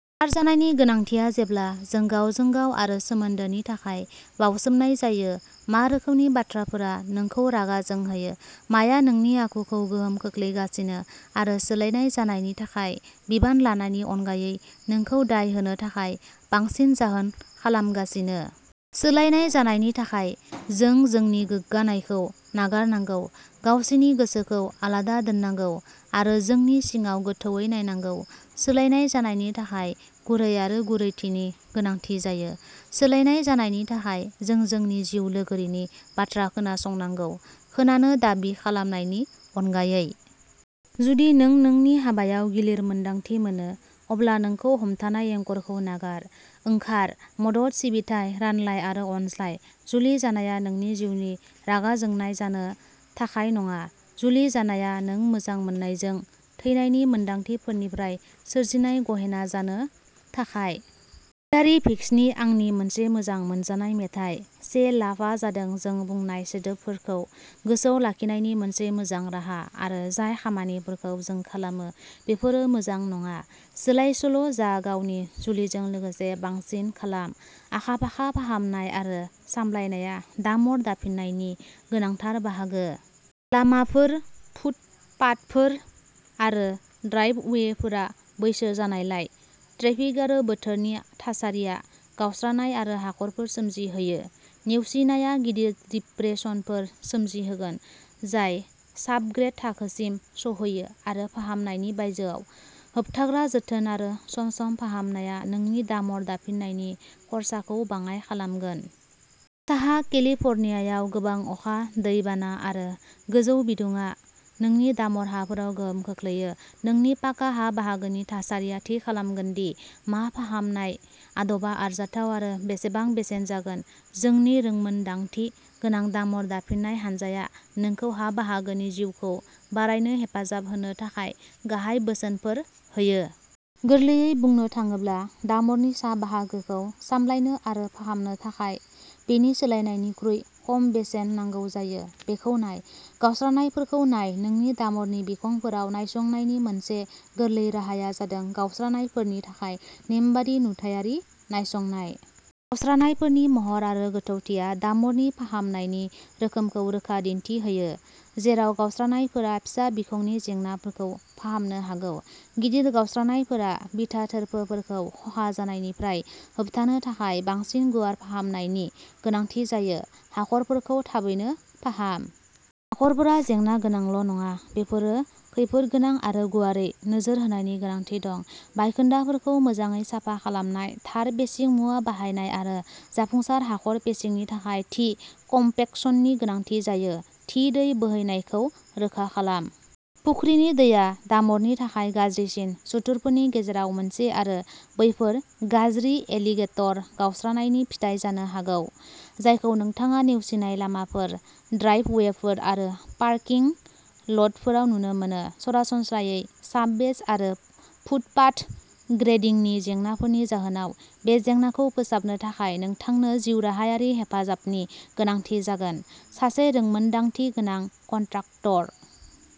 थार जानायनि गोनांथिया जेब्ला जों गावजों गाव आरो सोमोन्दोनि थाखाय बावसोमनाय जायो। मा रोखोमनि बाथ्राफोरा नोंखौ रागा जोंहोयो? माया नोंनि आखुखौ गोहोम खोख्लैगासिनो आरो सोलायनाय जानायनि थाखाय बिबान लानायनि अनगायै नोंखौ दाय होनो थाखाय बांसिन जाहोन खालामगासिनो? सोलायनाय जानायनि थाखाय जों जोंनि गोग्गानायखौ नागारनांगौ, गावसिनि गोसोखौ आलादा दोननांगौ आरो जोंनि सिङाव गोथौवै नायनांगौ। सोलायनाय जानायनि थाखाय गुरै आरो गुरैथिनि गोनांथि जायो। सोलायनाय जानायनि थाखाय जों जोंनि जिउ लोगोरिनि बाथ्रा खोनासंनांगौ, खोनानो दाबि खालामनायनि अनगायै। जुदि नों नोंनि हाबायाव गिलिर मोन्दांथि मोनो, अब्ला नोंखौ हमथानाय एंकरखौ नागार। ओंखार, मदद, सिबिथाइ, रानलाय आरो अनज्लाय। जुलि जानाया नोंनि जिउनि रागा जोंनाय जानो थाखाय नङा। जुलि जानाया नों मोजां मोननायजों थैनायनि मोनदांथिफोरनिफ्राय सोरजिनाय गहेना जानो थाखाय। हिलारी भिक्सनि आंनि मोनसे मोजां मोनजानाय मेथाइ "से लाभ" आ जादों जों बुंनाय सोदोबफोरखौ गोसोआव लाखिनायनि मोनसे मोजां राहा, आरो जाय खामानिफोरखौ जों खालामो, बेफोरो मोजां नङा। सोलायसोल' जा गावनि जुलिजों लोगोसे बांसिन खालाम आखा-फाखा फाहामनाय आरो सामलायनाया डामर दाफिननायनि गोनांथार बाहागो। लामाफोर, फुटपाथफोर आरो ड्राइभअवेफोरा बैसो जानायलाय, ट्रेफिक आरो बोथोरनि थासारिया गावस्रानाय आरो हाखरफोर सोमजिहोयो। नेवसिनाया गिदिर डिप्रेसनफोर सोमजिहोगोन जाय साब-ग्रेड थाखोसिम सौहैयो आरो फाहामनायनि बायजोआव। होबथाग्रा जोथोन आरो सम-सम फाहामनाया नोंनि डामर दाफिननायनि खरसाखौ बाङाय खालामगोन। साहा केलिफर्नियायाव गोबां अखा, दै बाना आरो गोजौ बिदुङा नोंनि डामर हाफोराव गोहोम खोख्लैयो। नोंनि पाका हा बाहागोनि थासारिया थि खालामगोन दि मा फाहामनाय आदबा आरजाथाव आरो बेसेबां बेसेन जागोन। जोंनि रोंमोनदांथि गोनां डामर दाफिननाय हानजाया नोंखौ हा बाहागोनि जिउखौ बारायनो हेफाजाब होनो थाखाय गाहाय बोसोनफोर होयो। गोरलैयै बुंनो थाङोब्ला, डामरनि सा बाहागोखौ सामलायनो आरो फाहामनो थाखाय बेनि सोलायनिख्रुइ खम बेसेन नांगौ जायो। बेखौ नाय। गावस्रानायफोरखौ नाय। नोंनि डामरनि बिखंफोराव नायसंनायनि मोनसे गोरलै राहाया जादों गावस्रानायफोरनि थाखाय नेमबादि नुथायारि नायसंनाय। गावस्रानायफोरनि महर आरो गोथौथिया डामरनि फाहामनायनि रोखोमखौ रोखा दिन्थि होयो, जेराव गावस्रानायफोरा फिसा बिखंनि जेंनाफोरखौ फाहामनो हागौ, गिदिर गावस्रानायफोरा बिथा थोरफोफोरखौ खहा जानायनिफ्राय होबथानो थाखाय बांसिन गुवार फाहामनायनि गोनांथि जायो। हाखरफोरखौ थाबैनो फाहाम। हाखरफोरा जेंना गोनांल' नङा बेफोरो खैफोदगोनां आरो गुवारै नोजोर होनायनि गोनांथि दं। बायखोन्दाफोरखौ मोजाङै साफा खालामनाय, थार पेचिं मुवा बाहायनाय आरो जाफुंसार हाखर पेचिंनि थाखाय थि कमपेक्सननि गोनांथि जायो। थि दै बोहैनायखौ रोखा खालाम। फुख्रिनि दैया डामरनि थाखाय गाज्रिसिन सुथुरफोरनि गेजेराव मोनसे आरो बैफोर गाज्रि'एलिगेटर गावस्रानाय'नि फिथाय जानो हागौ जायखौ नोंथाङा नेवसिनाय लामाफोर, ड्राइभवेफोर आरो पार्किं ल'टफोराव नुनो मोनो। सरासनस्रायै साब-बेस आरो फुटपाथ ग्रेडिंनि जेंनाफोरनि जाहोनाव, बे जेंनाखौ फोसाबनो थाखाय नोंथांनो जिउराहायारि हेफाजाबनि गोनांथि जागोन। सासे रोंमोनदांथि गोनां कन्ट्राक्टर।